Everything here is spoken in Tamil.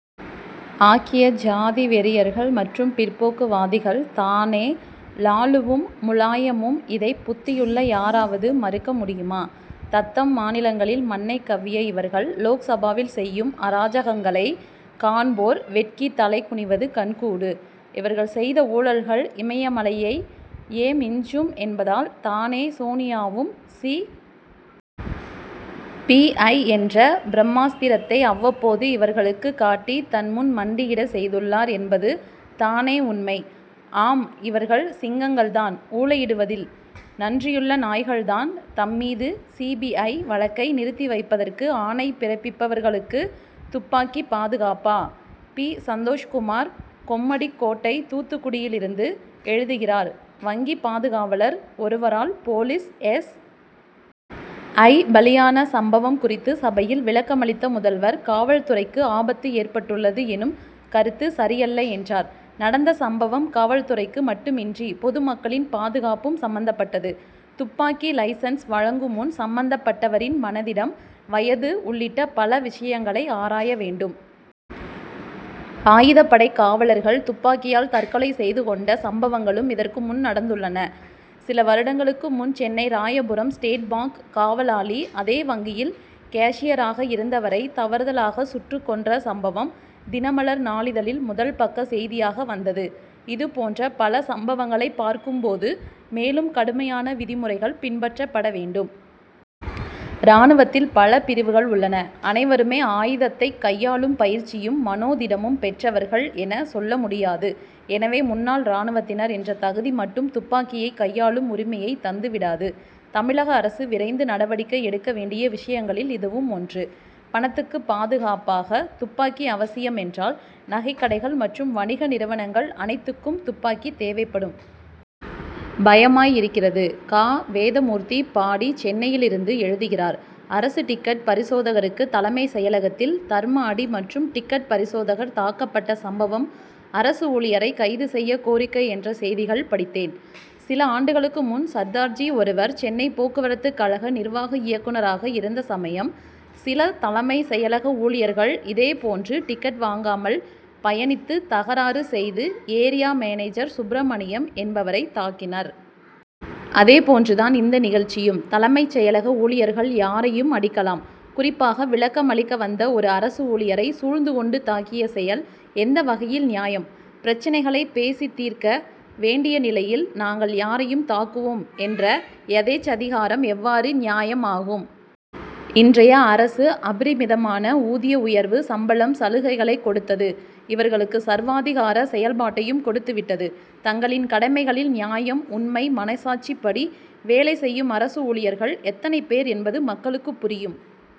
ஆக்கிய ஜாதி வெறியர்கள் மற்றும் பிற்போக்குவாதிகள் தானே லாலுவும் முலாயமும்! இதை புத்தியுள்ள யாராவது மறுக்க முடியுமா? தத்தம் மாநிலங்களில் மண்ணை கவ்விய இவர்கள் லோக்சபாவில் செய்யும் அராஜகங்களை காண்போர் வெட்கி தலைகுனிவது கண்கூடு! இவர்கள் செய்த ஊழல்கள் இமயமலையை யே மிஞ்சும் என்பதால் தானே சோனியாவும் சி. பி. ஐ. என்ற பிரம்மாஸ்திரத்தை அவ்வப்போது இவர்களுக்கு காட்டி தன்முன் மண்டியிட செய்துள்ளார் என்பது தானே உண்மை. ஆம்இவர்கள் சிங்கங்கள் தான் ஊளையிடுவதில்! நன்றியுள்ள நாய்கள்தான் தம்மீது சி. பி. ஐ. வழக்கை நிறுத்தி வைப்பதற்கு ஆணை பிறப்பிப்பவர்களுக்கு! துப்பாக்கி பாதுகாப்பா? பி. சந்தோஷ் குமார் கொம்மடிக் கோட்டை தூத்துக்குடியிலிருந்து எழுதுகிறார் வங்கி பாதுகாவலர் ஒருவரால் போலீஸ் எஸ். ஐ. பலியான சம்பவம் குறித்து சபையில் விளக்கமளித்த முதல்வர் காவல் துறைக்கு ஆபத்து ஏற்பட்டுள்ளது எனும் கருத்து சரியல்ல என்றார். நடந்த சம்பவம் காவல்துறைக்கு மட்டுமின்றி பொதுமக்களின் பாதுகாப்பும் சம்பந்தப்பட்டது. துப்பாக்கி லைசென்ஸ் வழங்கும்முன் சம்பந்தப்பட்டவரின் மனதிடம் வயது உள்ளிட்ட பல விஷயங்களை ஆராய வேண்டும். ஆயுதப்படைக் காவலர்கள் துப்பாக்கியால் தற்கொலை செய்து கொண்ட சம்பவங்களும் இதற்குமுன் நடந்துள்ளன. சில வருடங்களுக்கு முன் சென்னை ராயபுரம் ஸ்டேட் பாங்க் காவலாளி அதே வங்கியில் கேஷியராக இருந்தவரை தவறுதலாக சுட்டுக் கொன்ற சம்பவம் தினமலர் நாளிதழில் முதல் பக்க செய்தியாக வந்தது. இதுபோன்ற பல சம்பவங்களைப் பார்க்கும் போது மேலும் கடுமையான விதிமுறைகள் பின்பற்றப்பட வேண்டும். ராணுவத்தில் பல பிரிவுகள் உள்ளன. அனைவருமே ஆயுதத்தைக் கையாளும் பயிற்சியும் மனோதிடமும் பெற்றவர்கள் என சொல்ல முடியாது. எனவே முன்னாள் ராணுவத்தினர் என்ற தகுதி மட்டும் துப்பாக்கியை கையாளும் உரிமையைத் தந்துவிடாது. தமிழக அரசு விரைந்து நடவடிக்கை எடுக்க வேண்டிய விஷயங்களில் இதுவும் ஒன்று. பணத்துக்கு பாதுகாப்பாக துப்பாக்கி அவசியம் என்றால் நகைக்கடைகள் மற்றும் வணிக நிறுவனங்கள் அனைத்துக்கும் துப்பாக்கி தேவைப்படும். பயமாய் இருக்கிறது! கா. வேதமூர்த்தி பாடி சென்னையிலிருந்து எழுதுகிறார் அரசு டிக்கெட் பரிசோதகருக்கு தலைமை செயலகத்தில் தர்ம அடி மற்றும் டிக்கெட் பரிசோதகர் தாக்கப்பட்ட சம்பவம் அரசு ஊழியரை கைது செய்ய கோரிக்கை என்ற செய்திகள் படித்தேன். சில ஆண்டுகளுக்கு முன் சர்தார்ஜி ஒருவர் சென்னை போக்குவரத்து கழக நிர்வாக இயக்குனராக இருந்த சமயம் சில தலைமை செயலக ஊழியர்கள் இதே போன்று டிக்கெட் வாங்காமல் பயணித்து தகராறு செய்து ஏரியா மேனேஜர் சுப்பிரமணியம் என்பவரை தாக்கினர். அதே போன்று தான் இந்த நிகழ்ச்சியும். தலைமை செயலக ஊழியர்கள் யாரையும் அடிக்கலாம். குறிப்பாக விளக்கம் அளிக்க வந்த ஒரு அரசு ஊழியரை சூழ்ந்து கொண்டு தாக்கிய செயல் எந்த வகையில் நியாயம்? பிரச்னைகளை பேசித் தீர்க்க வேண்டிய நிலையில் நாங்கள் யாரையும் தாக்குவோம் என்ற யதேச்சதிகாரம் எவ்வாறு நியாயம் ஆகும். இன்றைய அரசு அபரிமிதமான ஊதிய உயர்வு சம்பளம் சலுகைகளைக் கொடுத்தது இவர்களுக்கு சர்வாதிகார செயல் பாட்டையும் கொடுத்து விட்டது. தங்களின் கடமைகளில் நியாயம் உண்மை மனசாட்சிப்படி வேலை செய்யும் அரசு ஊழியர்கள் எத்தனை பேர் என்பது மக்களுக்குப் புரியும்.